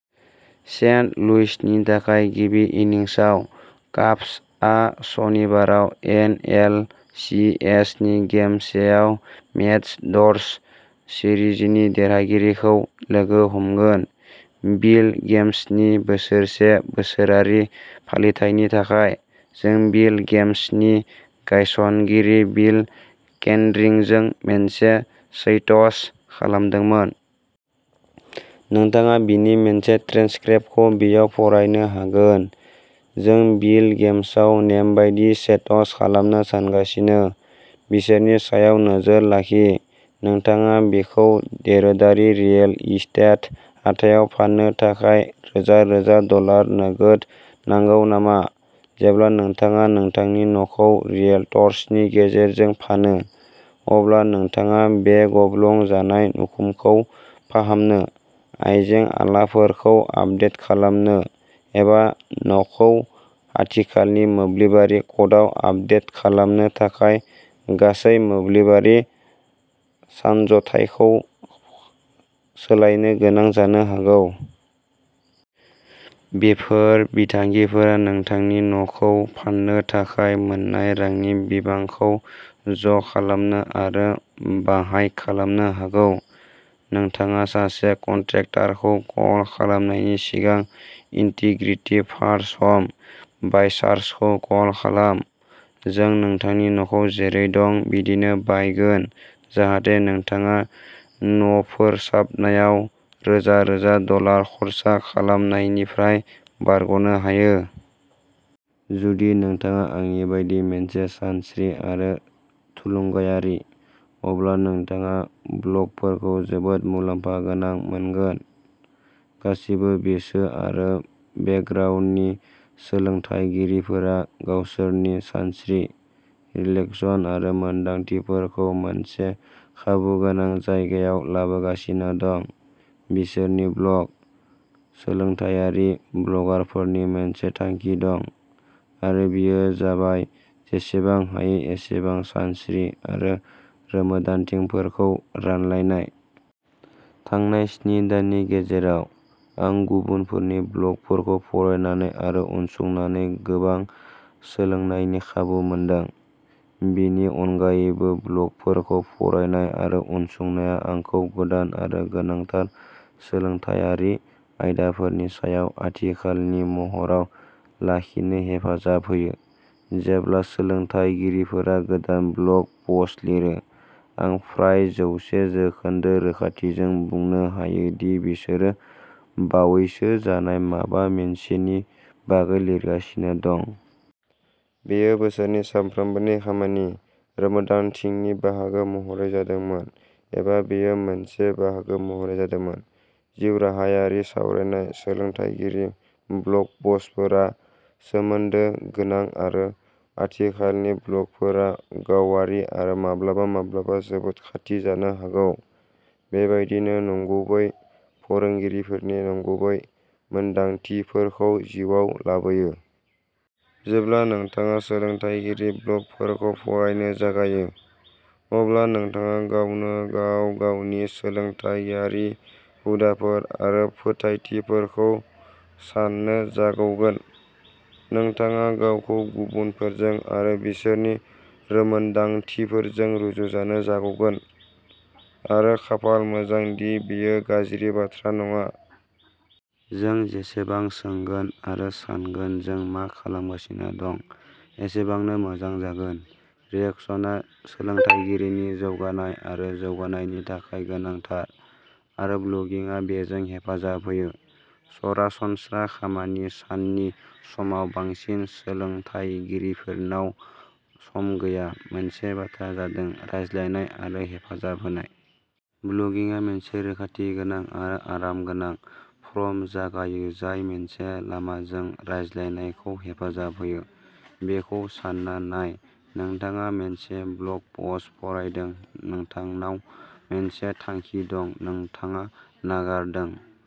Saint लुइसनि थाखाय गिबि इनिंसआव। काब्सआ सनिबाराव एन एल सि एस नि गेम से आव मेट्स-डजर्स सिरिजनि देरहागिरिखौ लोगो हमगोन। बिल गेम्सनि बोसोरसे बोसोरारि फालिथायनि थाखाय, जों बिल गेम्सनि गायसनगिरि बिल केन्ड्रिकजों मोनसे चैट्स खालामदोंमोन। नोंथाङा बेनि मोनसे ट्रान्सक्रिप्टखौ बेयाव फरायनो हागोन जों बिल गेम्सआव नेमबादियै चैट्स खालामनो सानगासिनो बिसोरनि सायाव नोजोर लाखि नोंथाङा बेखौ दोरोङारि रियेल एस्टेट हाथायाव फान्नो थाखाय रोजा-रोजा डलार नोगोद नांगौ नामा? जेब्ला नोंथाङा नोंथांनि न'खौ रियेल्टरनि गेजेरजों फानो, अब्ला नोंथाङा बै गब्लं जानाय उखुमखौ फाहामनो, आइजें-आइलाफोरखौ आपदेट खालामनो, एबा न'खौ आथिखालनि मोब्लिबारि क'डआव आपदेट खालामनो थाखाय गासै मोब्लिबारि सानज'थायखौ सोलायनो गोनां जानो हागौ। बेफोर बिथांखिफोरा नोंथांनि न'खौ फान्नो थाखाय मोन्नाय रांनि बिबांखौ ज'खालामनो आरो बाङाइ खालामनो हागौ। नोंथाङा सासे कन्ट्रेक्टरखौ कल खालामनायनि सिगां, इन्टिग्रिटी फार्स्ट ह'म बायार्सखौ कल खालाम। जों नोंथांनि न'खौ जेरै दं बिदिनो बायगोन जाहाथे नोंथाङा न'फोसाबनायाव रोजा रोजा डलार खर्सा खालामनायनिफ्राय बारग'नो हायो। जुदि नोंथाङा आंनि बायदि मोनसे सानस्रि आरो थुलुंगायारि, अब्ला नोंथाङा ब्लगफोरखौ जोबोद मुलाम्फा गोनां मोनगोन। गासैबो बैसो आरो बेकग्राउन्डनि सोलोंथायगिरिफोरा गावसोरनि सानस्रि, रिफ्लेक्शन आरो मोनदांथिफोरखौ मोनसे खाबुगोनां जायगायाव लाबोगासिनो दं बिसोरनि ब्लग। सोलोंथायारि ब्लगारफोरनि मोनसे थांखि दं, आरो बेयो जाबाय जेसेबां हायो एसेबां सानस्रि आरो रोंमोन्दांथिफोरखौ रानलायनाय। थांनाय स्नि दाननि गेजेराव, आं गुबुनफोरनि ब्लगफोरखौ फरायनानै आरो उनसंनानै गोबां सोलोंनायनि खाबु मोनदों। बेनि अनगायैबो, ब्लगफोरखौ फरायनाय आरो उनसंनाया आंखौ गोदान आरो गोनांथार सोलोंथायारि आयदाफोरनि सायाव आथिखालनि महराव लाखिनो हेफाजाब होयो। जेब्ला सोलोंथायगिरिफोरा गोदान ब्लग पस्ट लिरो, आं फ्राय जौसे जौखोन्दो रोखाथिजों बुंनो हायो दि बिसोरो बावैसो जानाय माबा मोनसेनि बागै लिरगासिनो दं। बेयो बिसोरनि सानफ्रोमबोनि खामानि रोंमोन्दांथिनि बाहागो महरै जादोंमोन, एबा बेयो मोनसे बाहागो महरै जादोंमोन। जिउराहायारि सावरायनाय, सोलोंथायगिरि ब्लग पस्टफोरा सोमोन्दो गोनां आरो आथिखालनि ब्लगफोरा गावारि आरो माब्लाबा माब्लाबा जोबोद खाथि जानो हागौ, बेबादिनो नंगुबै फोरोंगिरिफोरनि नंगुबै मोनदांथिफोरखौ जिउआव लाबोयो। जेब्ला नोंथाङा सोलोंथायगिरि ब्लगफोरखौ फरायनो जागायो, अब्ला नोंथाङा गावनो गाव गावनि सोलोंथायारि हुदाफोर आरो फोथायथिफोरखौ साननो जागौगोन। नोंथाङा गावखौ गुबुनफोरजों आरो बिसोरनि रोंमोनदांथिफोरजों रुजुजानो जागौगोन, आरो खाफाल मोजां दि बेयो गाज्रि बाथ्रा नङा। जों जेसेबां सोंगोन आरो सानगोन जों मा खालामगासिनो दं एसेबांनो मोजां जागोन। रिफिक्सनआ सोलोंथायगिरिनि जौगानाय आरो जौगानायनि थाखाय गोनांथार, आरो ब्लगिंआ बेजों हेफाजाब होयो। सरासनस्रा खामानि साननि समाव बांसिन सोलोंथायगिरिफोरनाव सम गैया मोनसे बाथ्राया जादों रानलायनाय आरो हेफाजाब होनाय। ब्लगिंआ मोनसे रैखाथि गोनां आरो आरामगोनां फोरम जगायो जाय मोननै लामाजों रायज्लायनायखौ हेफाजाब होयो। बेखौ सानना नाय नोंथाङा मोनसे ब्लग पस्ट फरायदों नोंथांनाव मोनसे सोंथि दं नोंथाङा नागारदों।